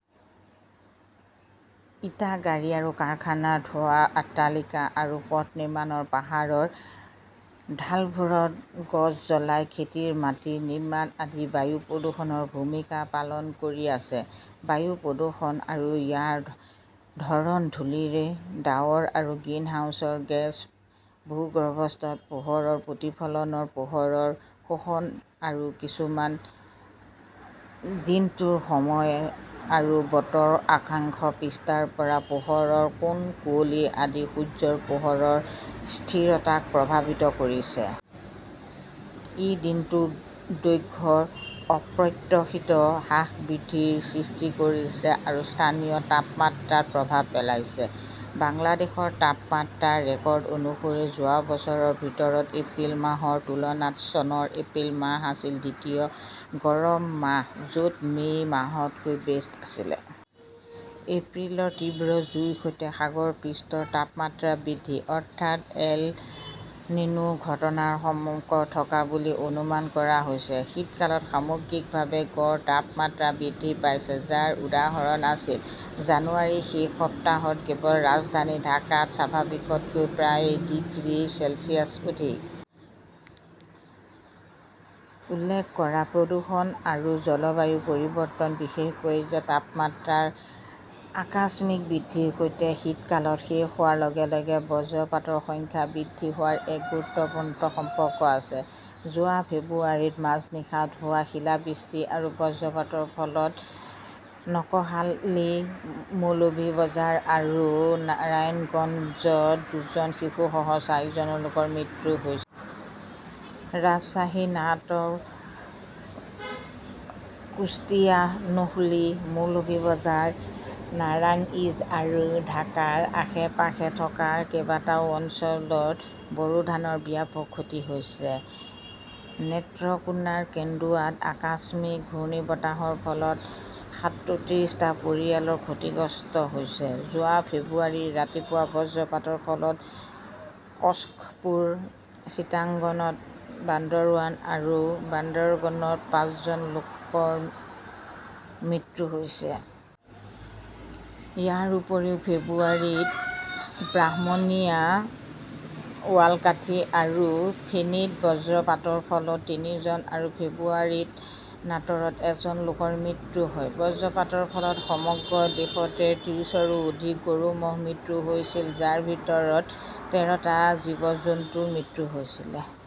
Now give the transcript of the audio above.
ইটা, গাড়ী আৰু কাৰখানাৰ ধোঁৱা, অট্টালিকা আৰু পথ নিৰ্মাণ, পাহাৰৰ ঢালবোৰত গছ জ্বলাই খেতিৰ মাটি নিৰ্মাণ আদি বায়ু প্ৰদূষণত ভূমিকা পালন কৰি আছে। বায়ু প্ৰদূষক আৰু ইয়াৰ ধৰণ, ধূলি, ডাৱৰ, গ্ৰিনহাউজ গেছ, ভূগৰ্ভস্থ পোহৰৰ প্ৰতিফলন, পোহৰৰ শোষণ আৰু বিচ্ছুৰণ, দিনটোৰ সময় আৰু বতৰ, অক্ষাংশ, পৃষ্ঠত পৰা পোহৰৰ কোণ, কুঁৱলী আদি সূৰ্যৰ পোহৰৰ স্থিৰতাক প্ৰভাৱিত কৰিছে। ই দিনটোৰ দৈৰ্ঘ্যৰ অপ্ৰত্যাশিত হ্ৰাস-বৃদ্ধিৰ সৃষ্টি কৰিছে আৰু স্থানীয় তাপমাত্ৰাত প্ৰভাৱ পেলাইছে। বাংলাদেশৰ তাপমাত্ৰাৰ ৰেকৰ্ড অনুসৰি যোৱা বছৰৰ ভিতৰত এপ্ৰিল মাহৰ তুলনাত চনৰ এপ্ৰিল মাহ আছিল দ্বিতীয় গৰম মাহ য'ত মে' মাহলৈকে ৰেচ আছিল। এপ্ৰিলৰ তীব্ৰ জুইৰ সৈতে সাগৰ পৃষ্ঠৰ তাপমাত্ৰা বৃদ্ধি, অৰ্থাৎ এল-নিনো ঘটনাৰ সম্পৰ্ক থকা বুলি অনুমান কৰা হৈছে। শীতকালত সামগ্ৰিকভাৱে গড় তাপমাত্ৰা বৃদ্ধি পাইছে, যাৰ উদাহৰণ আছিল জানুৱাৰীৰ শেষ সপ্তাহত কেৱল ৰাজধানী ঢাকাত স্বাভাৱিকতকৈ প্ৰায় ডিগ্ৰী চেলছিয়াছ অধিক। উল্লেখ কৰা প্ৰদূষণ আৰু জলবায়ু পৰিৱৰ্তন, বিশেষকৈ তাপমাত্ৰাৰ আকস্মিক বৃদ্ধিৰ সৈতে শীতকাল শেষ হোৱাৰ লগে লগে বজ্ৰপাতৰ সংখ্যা বৃদ্ধি হোৱাৰ এক গুৰুত্বপূৰ্ণ সম্পৰ্ক আছে। যোৱা ফেব্ৰুৱাৰীত মাজনিশা হোৱা শিলাবৃষ্টি আৰু বজ্ৰপাতৰ ফলত নকহাল্লি, মৌলভি বজাৰ আৰু নাৰায়ণগঞ্জত দুজন শিশুসহ চাৰিজন লোকৰ মৃত্যু হৈছিল। ৰাজশ্বাহী, নাট 'ৰ, কুশ্তিয়া, নোহলী, মৌলভি বজাৰ, নাৰাংইজ আৰু ঢাকাৰ আশে-পাশে থকা কেইবাটাও অঞ্চলত বৰো ধানৰ ব্যাপক ক্ষতি হৈছে। নেত্ৰকোনাৰ কেন্দুৱাত আকস্মিক ঘূৰ্ণীবতাহৰ ফলত সাতত্ৰিছটা পৰিয়াল ক্ষতিগ্ৰস্ত হৈছে। যোৱা ফেব্ৰুৱাৰীৰ ৰাতিপুৱা বজ্ৰপাতৰ ফলত কক্সপুৰ, চিটাগঙত, বান্দাৰবান আৰু বাৰগুনাত পাঁচজন লোকৰ মৃত্যু হৈছিল। ইয়াৰ উপৰিও ফেব্ৰুৱাৰীত ব্ৰাহ্মণিয়া, ঝালকাঠি আৰু ফেনীত বজ্ৰপাতৰ ফলত তিনিজন আৰু ফেব্ৰুৱাৰীত নাটৰত এজন লোকৰ মৃত্যু হয়। বজ্ৰপাতৰ ফলত সমগ্ৰ দেশতে ত্ৰিছৰো অধিক গৰু-ম'হৰ মৃত্যু হৈছিল, যাৰ ভিতৰত তেৰটা জীৱ-জন্তুৰ মৃত্যু হৈছিল।